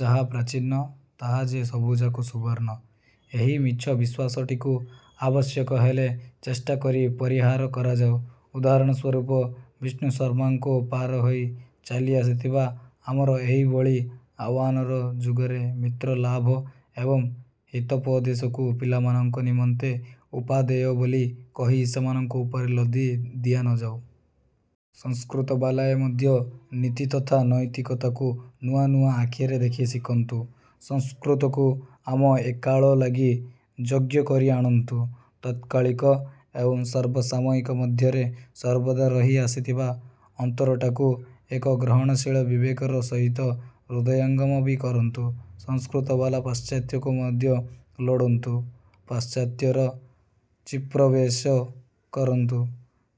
ଯାହା ପ୍ରାଚୀନ ତାହା ଯେ ସବୁଯାକ ସୁବର୍ଣ୍ଣ, ଏହି ମିଛ ବିଶ୍ଵାସଟିକୁ ଆବଶ୍ୟକ ହେଲେ ଚେଷ୍ଟା କରି ପରିହାର କରାଯାଉ। ଉଦାହରଣ ସ୍ଵରୂପ ବିଷ୍ଣୁଶର୍ମାଙ୍କୁ ପାର ହୋଇ ଚାଲି ଆସିଥିବା ଆମର ଏହିଭଳି ଆହ୍ୱାନର ଯୁଗରେ ମିତ୍ର ଲାଭ ଏବଂ ହିତୋପଦେଶକୁ ପିଲାମାନଙ୍କ ନିମନ୍ତେ ଉପାଦେୟ ବୋଲି କହି ସେମାନଙ୍କ ଉପରେ ଲଦି ଦିଆନଯାଉ। ସଂସ୍କୃତବାଲାଏ ମଧ୍ୟ ନୀତି ତଥା ନୈତିକତାକୁ ନୂଆ ନୂଆ ଆଖିରେ ଦେଖି ଶିଖନ୍ତୁ। ସଂସ୍କୃତକୁ ଆମ ଏକାଳ ଲାଗି ଯୋଗ୍ୟ କରି ଆଣନ୍ତୁ। ତାତ୍କାଳିକ ଏବଂ ସର୍ବସାମୟିକ ମଧ୍ୟରେ ସର୍ବଦା ରହି ଆସିଥିବା ଅନ୍ତରଟାକୁ ଏକ ଗ୍ରହଣଶୀଳ ବିବେକର ସହିତ ହୃଦୟଙ୍ଗମ ବି କରନ୍ତୁ। ସଂସ୍କୃତବାଲା ପାଶ୍ଚାତ୍ୟକୁ ମଧ୍ୟ ଲୋଡ଼ନ୍ତୁ, ପାଶ୍ଚାତ୍ୟର ଚିତ୍ପ୍ରବେଶ କରନ୍ତୁ,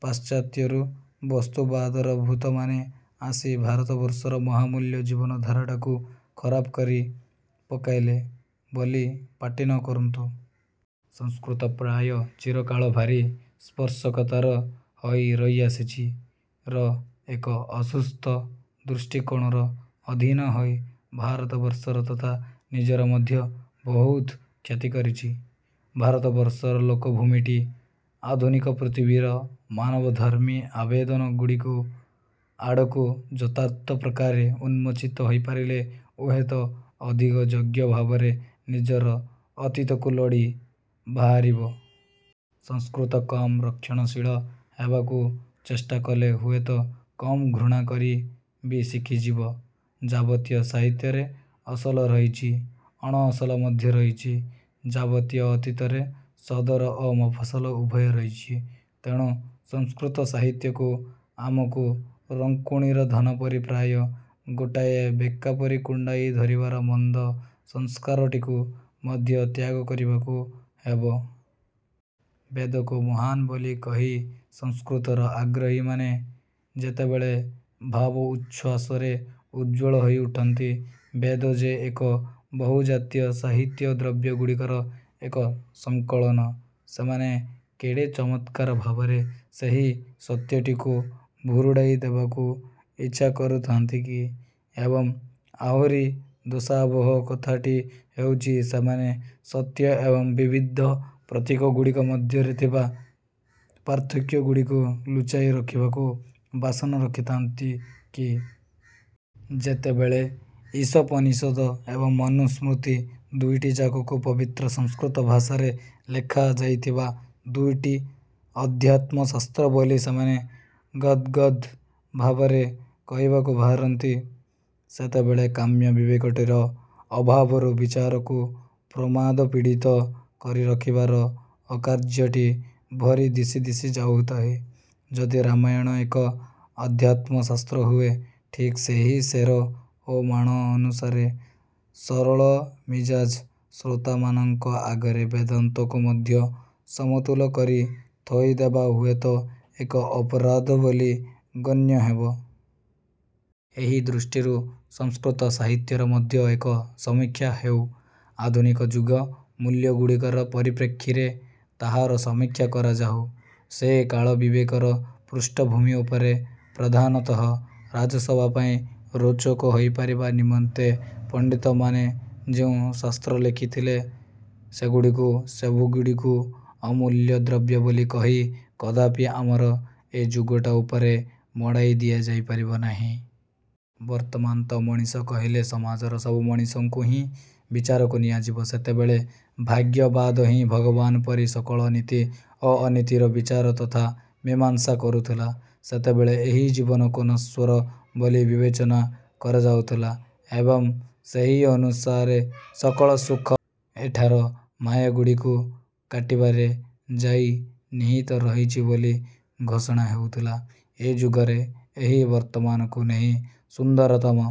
ପାଶ୍ଚାତ୍ୟରୁ ବସ୍ତୁବାଦର ଭୂତମାନେ ଆସି ଭାରତବର୍ଷର ମହାମୂଲ୍ୟ ଜୀବନଧାରାଟାକୁ ଖରାପ କରି ପକାଇଲେ ବୋଲି ପାଟି ନକରନ୍ତୁ । ସଂସ୍କୃତ ପ୍ରାୟ ଚିରକାଳ ଭାରି ସ୍ପର୍ଶକାତର ହୋଇ ରହିଆସିଛି ର ଏକ ଅସୁସ୍ଥ ଦୃଷ୍ଟିକୋଣର ଅଧୀନ ହୋଇ ଭାରତବର୍ଷର ତଥା ନିଜର ମଧ୍ୟ ବହୁତ କ୍ଷତି କରିଛି। ଭାରତବର୍ଷର ଲୋକଭୂମିଟି ଆଧୁନିକ ପୃଥିବୀର ମାନବଧର୍ମୀ ଆବେଦନ ଗୁଡ଼ିକୁ ଆଡ଼କୁ ଯଥାର୍ଥ ପ୍ରକାରେ ଉନ୍ମୋଚିତ ହୋଇପାରିଲେ ହୁଏତ ଅଧିକ ଯୋଗ୍ୟ ଭାବରେ ନିଜର ଅତୀତକୁ ଲୋଡ଼ି ବାହାରିବ। ସଂସ୍କୃତ କମ୍ ରକ୍ଷଣଶୀଳ ହେବାକୁ ଚେଷ୍ଟା କଲେ ହୁଏତ କମ୍ ଘୃଣା କରି ବି ଶିଖିଯିବ। ଯାବତୀୟ ସାହିତ୍ୟରେ ଅସଲ ରହିଛି, ଅଣଅସଲ ମଧ୍ୟ ରହିଛି, ଯାବତୀୟ ଅତୀତରେ ସଦର ଓ ମଫସଲ ଉଭୟ ରହିଛି। ତେଣୁ ସଂସ୍କୃତ ସାହିତ୍ୟକୁ ଆମକୁ ରଙ୍କୁଣୀର ଧନ ପରି ପ୍ରାୟ ଗୋଟାଏ ବେକା ପରି କୁଣ୍ଡାଇ ଧରିବାର ମନ୍ଦ ସଂସ୍କାରଟିକୁ ମଧ୍ୟ ତ୍ୟାଗ କରିବାକୁ ହେବ। ବେଦକୁ ମହାନ୍ ବୋଲି କହି ସଂସ୍କୃତର ଆଗ୍ରହୀମାନେ ଯେତେବେଳେ ଭାବଉଚ୍ଛ୍ୱାସରେ ଉଜ୍ଜ୍ୱଳ ହୋଇ ଉଠନ୍ତି, ବେଦ ଯେ ଏକ ବହୁଜାତୀୟ ସାହିତ୍ୟ ଦ୍ରବ୍ୟଗୁଡ଼ିକର ଏକ ସଂକଳନ, ସେମାନେ କେଡ଼େ ଚମତ୍କାର ଭାବରେ ସେହି ସତ୍ୟଟିକୁ ଭୁରୁଡ଼ାଇ ଦେବାକୁ ଇଚ୍ଛା କରୁଥାନ୍ତି କି? ଏବଂ ଆହୁରି ଦୋଷାବହ କଥାଟି ହେଉଛି, ସେମାନେ ସତ୍ୟ ଏବଂ ବିବିଧ ପ୍ରତୀକଗୁଡ଼ିକ ମଧ୍ୟରେ ରହିଥିବା ପାର୍ଥକ୍ୟଗୁଡ଼ିକୁ ଲୁଚାଇ ରଖିବାକୁ ବାସନା ରଖିଥାନ୍ତି କି? ଯେତେବେଳେ ଈଶୋପନିଷଦ ଏବଂ ମନୁସ୍ମୃତି ଦୁଇଟାଯାକକୁ ପବିତ୍ର ସଂସ୍କୃତ ଭାଷାରେ ଲେଖା ଯାଇଥିବା ଦୁଇଟି ଅଧ୍ୟାତ୍ମଶାସ୍ତ୍ର ବୋଲି ସେମାନେ ଗଦ୍ଗଦ୍ ଭାବରେ କହିବାକୁ ବାହାରନ୍ତି, ସେତେବେଳେ କାମ୍ୟ ବିବେକଟିର ଅଭାବରୁ ବିଚାରକୁ ପ୍ରମାଦପୀଡ଼ିତ କରି ରଖିବାର ଅକାର୍ଯ୍ୟଟି ଭରି ଦିଶି ଦିଶି ଯାଉଥାଏ। ଯଦି ରାମାୟଣ ଏକ ଅଧ୍ୟାତ୍ମଶାସ୍ତ୍ର ହୁଏ, ଠିକ୍ ସେହି ସେର ଓ ମାଣ ଅନୁସାରେ ସରଳମିଜାଜ ଶ୍ରୋତାମାନଙ୍କ ଆଗରେ ବେଦାନ୍ତକୁ ମଧ୍ୟ ସମତୁଲ କରି ଥୋଇଦେବା ହୁଏତ ଏକ ଅପରାଧ ବୋଲି ଗଣ୍ୟ ହେବ। ଏହି ଦୃଷ୍ଟିରୁ ସଂସ୍କୃତ ସାହିତ୍ୟର ମଧ୍ୟ ଏକ ସମୀକ୍ଷା ହେଉ। ଆଧୁନିକ ଯୁଗ ମୂଲ୍ୟ ଗୁଡ଼ିକର ପରିପ୍ରେକ୍ଷୀରେ ତାହାର ସମୀକ୍ଷା କରାଯାଉ। ସେ କାଳ ବିବେକର ପୃଷ୍ଠଭୂମି ଉପରେ ପ୍ରଧାନତଃ ରାଜସଭା ପାଇଁ ରୋଚକ ହୋଇପାରିବା ନିମନ୍ତେ ପଣ୍ଡିତମାନେ ଯେଉଁ ଶାସ୍ତ୍ର ଲେଖିଥଲେ, ସେଗୁଡ଼ିକୁ ସବୁଗୁଡ଼ିକୁ ଅମୂଲ୍ୟ ଦ୍ରବ୍ୟ ବୋଲି କହି କଦାପି ଆମର ଏ ଯୁଗଟା ଉପରେ ମଡ଼ାଇ ଦିଆଯାଇ ପାରିବ ନାହିଁ। ବର୍ତ୍ତମାନ ତ ମଣିଷ କହିଲେ ସମାଜର ସବୁ ମଣିଷଙ୍କୁ ହିଁ ବିଚାରକୁ ନିଆଯିବ। ସେତେବେଳେ ଭାଗ୍ୟବାଦ ହିଁ ଭଗବାନ ପରି ସକଳ ନୀତି ଓ ଅନୀତିର ବିଚାର ତଥା ମୀମାଂସା କରୁଥିଲା। ସେତେବେଳେ ଏହି ଜୀବନକୁ ନଶ୍ୱର ବୋଲି ବିବେଚନା କରାଯାଉଥିଲା ଏବଂ ସେହି ଅନୁସାରେ ସକଳ ସୁଖ ଏଠାର ମାୟାଗୁଡ଼ିକୁ କାଟିବାରେ ଯାଇ ନିହିତ ରହିଛି ବୋଲି ଘୋଷଣା ହେଉଥିଲା। ଏ ଯୁଗରେ, ଏହି ବର୍ତ୍ତମାନକୁ ନେଇ ସୁନ୍ଦରତମ